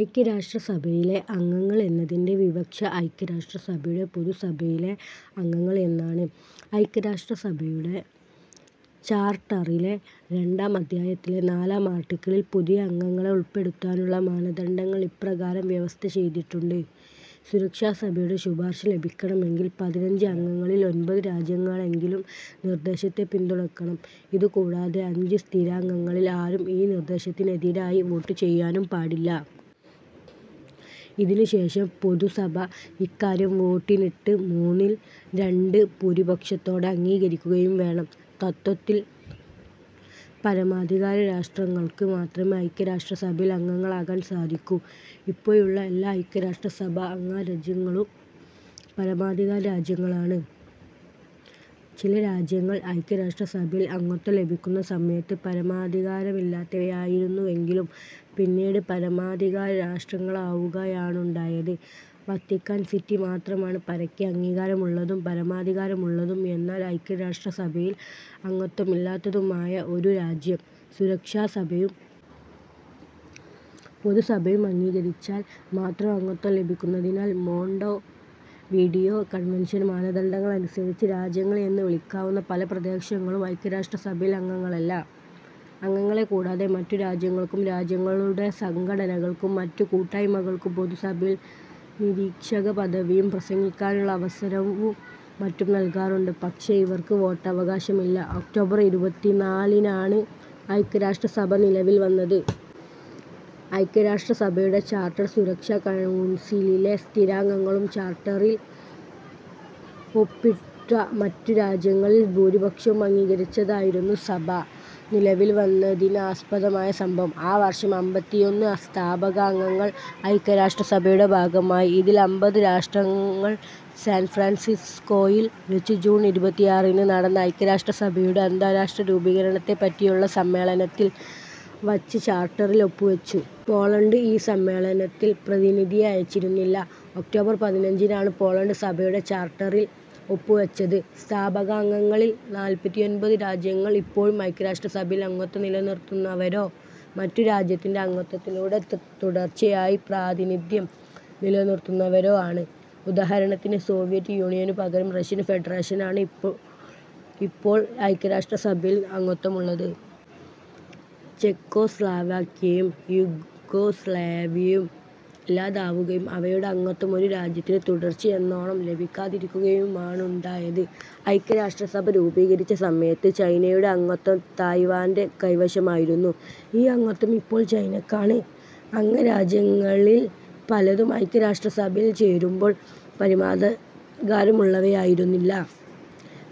ഐക്യരാഷ്ട്രസഭയിലെ അംഗങ്ങൾ എന്നതിന്റെ വിവക്ഷ ഐക്യരാഷ്ട്രസഭയുടെ പൊതുസഭയിലെ അംഗങ്ങൾ എന്നാണ്. ഐക്യരാഷ്ട്രസഭയുടെ ചാർട്ടറിലെ രണ്ടാം അധ്യായത്തിലെ നാലാം ആർട്ടിക്കിളിൽ പുതിയ അംഗങ്ങളെ ഉൾപ്പെടുത്താനുള്ള മാനദണ്ഡങ്ങൾ ഇപ്രകാരം വ്യവസ്ഥ ചെയ്തിട്ടുണ്ട്. സുരക്ഷാസഭയുടെ ശുപാർശ ലഭിക്കണമെങ്കിൽ പതിനഞ്ച് അംഗങ്ങളിൽ ഒൻപത് രാജ്യങ്ങളെങ്കിലും നിർദ്ദേശത്തെ പിന്തുണയ്ക്കണം. ഇതുകൂടാതെ അഞ്ച് സ്ഥിരാംഗങ്ങളിൽ ആരും ഈ നിർദ്ദേശത്തിനെതിരായി വോട്ട് ചെയ്യാനും പാടില്ല. ഇതിനുശേഷം പൊതുസഭ ഇക്കാര്യം വോട്ടിനിട്ട് മൂന്നിൽ രണ്ട് ഭൂരിപക്ഷത്തോടെ അംഗീകരിക്കുകയും വേണം. തത്ത്വത്തിൽ പരമാധികാര രാഷ്ട്രങ്ങൾക്ക് മാത്രമേ ഐക്യരാഷ്ട്രസഭയിൽ അംഗങ്ങളാകാൻ സാധിക്കൂ. ഇപ്പോഴുള്ള എല്ലാ ഐക്യരാഷ്ട്രസഭാ അംഗരജ്യങ്ങളും പരമാധികാര രാജ്യങ്ങളാണ്. ചില രാജ്യങ്ങൾ ഐക്യരാഷ്ട്രസഭയിൽ അംഗത്വം ലഭിക്കുന്ന സമയത്ത് പരമാധികാരമില്ലാത്തവയായിരുന്നുവെങ്കിലും പിന്നീട് പരമാധികാരരാഷ്ട്രങ്ങളാവുകയാണുണ്ടായത്. വത്തിക്കാൻ സിറ്റി മാത്രമാണ് പരക്കെ അംഗീകാരമുള്ളതും പരമാധികാരമുള്ളതും എന്നാൽ ഐക്യരാഷ്ട്രസഭയിൽ അംഗത്വമില്ലാത്തതുമായ ഒരു രാജ്യം. സുരക്ഷാസഭയും പൊതുസഭയും അംഗീകരിച്ചാൽ മാത്രം അംഗത്വം ലഭിക്കുന്നതിനാൽ മോണ്ടോവീഡിയോ കൺവെൻഷൻ മാനദണ്ഡങ്ങൾ അനുസരിച്ച് രാജ്യങ്ങൾ എന്ന് വിളിക്കാവുന്ന പല പ്രദേശങ്ങളും ഐക്യരാഷ്ട്രസഭയിൽ അംഗങ്ങളല്ല. അംഗങ്ങളെക്കൂടാതെ മറ്റു രാജ്യങ്ങൾക്കും രാജ്യങ്ങളുടെ സംഘടനകൾക്കും മറ്റു കൂട്ടായ്മകൾക്കും പൊതുസഭയിൽ നിരീക്ഷകപദവിയും പ്രസംഗിക്കാനുള്ള അവസരവും മറ്റും നൽകാറുണ്ട്. പക്ഷേ ഇവർക്ക് വോട്ടവകാശമില്ല. ഒക്ടോബർ ഇരുപത്തിനാലിനാണ് ഐക്യരാഷ്ട്രസഭ നിലവിൽ വന്നത്. ഐക്യരാഷ്ട്രസഭയുടെ ചാർട്ടർ സുരക്ഷാ കൗൺസിലിലെ സ്ഥിരാംഗങ്ങളും ചാർട്ടറിൽ ഒപ്പിട്ട മറ്റു രാജ്യങ്ങളിൽ ഭൂരിപക്ഷവും അംഗീകരിച്ചതായിരുന്നു സഭ നിലവിൽ വന്നതിനാസ്പദമായ സംഭവം.ആ വർഷം അമ്പത്തിയൊന്ന് സ്ഥാപകാംഗങ്ങൾ ഐക്യരാഷ്ട്രസഭയുടെ ഭാഗമായി. ഇതിൽ അമ്പത് രാഷ്ട്രങ്ങൾ സാൻ ഫ്രാൻസിസ്കോയിൽ വച്ച് ജൂൺ ഇരുപത്തിയാറിന് നടന്ന ഐക്യരാഷ്ട്രസഭയുടെ അന്താരാഷ്ട്ര രൂപീകരണത്തെപ്പറ്റിയുള്ള സമ്മേളനത്തിൽ വച്ച് ചാർട്ടറിൽ ഒപ്പുവച്ചു. പോളണ്ട് ഈ സമ്മേളനത്തിൽ പ്രതിനിധിയെ അയച്ചിരുന്നില്ല. ഒക്ടോബർ പതിനഞ്ചിനാണ് പോളണ്ട് സഭയുടെ ചാർട്ടറിൽ ഒപ്പുവച്ചത്. സ്ഥാപകാംഗങ്ങളിൽ നാൽപ്പത്തിയൊൻപത് രാജ്യങ്ങൾ ഇപ്പോഴും ഐക്യരാഷ്ട്രസഭയിൽ അംഗത്വം നിലനിർത്തുന്നവരോ മറ്റൊരു രാജ്യത്തിന്റെ അംഗത്വത്തിലൂടെ തുടർച്ചയായി പ്രാതിനിധ്യം നിലനിർത്തുന്നവരോ ആണ്. ഉദഹരണത്തിന് സോവിയറ്റ് യൂണിയനു പകരം റഷ്യൻ ഫെഡറേഷനാണ് ഇപ്പോൾ ഐക്യരാഷ്ട്രസഭയിൽ അംഗത്വമുള്ളത്. ചെക്കോസ്ലാവാക്യയും യുഗോസ്ലാവ്യയും ഇല്ലാതാവുകയും അവയുടെ അംഗത്വം ഒരു രാജ്യത്തിന് തുടർച്ചയെന്നോണം ലഭിക്കാതിരിക്കുകയുമാണുണ്ടായത്. ഐക്യരാഷ്ട്രസഭ രൂപീകരിച്ച സമയത്ത് ചൈനയുടെ അംഗത്വം തായ്‌വാന്റെ കൈവശമായിരുന്നു. ഈ അംഗത്വം ഇപ്പോൾ ചൈനയ്ക്കാണ്. അംഗരാജ്യങ്ങളിൽ പലതും ഐക്യരാഷ്ട്രസഭയിൽ ചേരുമ്പോൾ പരമാധകാരമുള്ളവയായിരുന്നില്ല.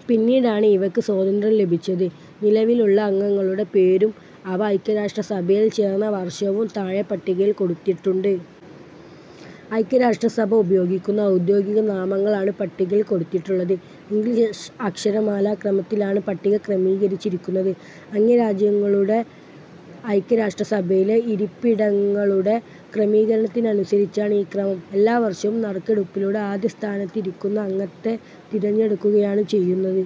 പിന്നീടാണ് ഇവയ്ക്ക് സ്വാതന്ത്ര്യം ലഭിച്ചത്. നിലവിലുള്ള അംഗങ്ങളുടെ പേരും അവ ഐക്യരാഷ്ട്രസഭയിൽ ചേർന്ന വർഷവും താഴെ പട്ടികയിൽ കൊടുത്തിട്ടുണ്ട്. ഐക്യരാഷ്ട്രസഭ ഉപയോഗിക്കുന്ന ഔദ്യോഗിക നാമങ്ങളാണ് പട്ടികയിൽ കൊടുത്തിട്ടുള്ളത്. ഇംഗ്ലീഷ് അക്ഷരമാലാക്രമത്തിലാണ് പട്ടിക ക്രമീകരിച്ചിരിക്കുന്നത്. അംഗരാജ്യങ്ങളുടെ ഐക്യരാഷ്ട്രസഭയിലെ ഇരിപ്പിടങ്ങളുടെ ക്രമീകരണത്തിനനുസരിച്ചാണ് ഈ ക്രമം. എല്ലാ വർഷവും നറുക്കെടുപ്പിലൂടെ ആദ്യസ്ഥാനത്തിരിക്കുന്ന അംഗത്തെ തിരഞ്ഞെടുക്കുകയാണ് ചെയ്യുന്നത്.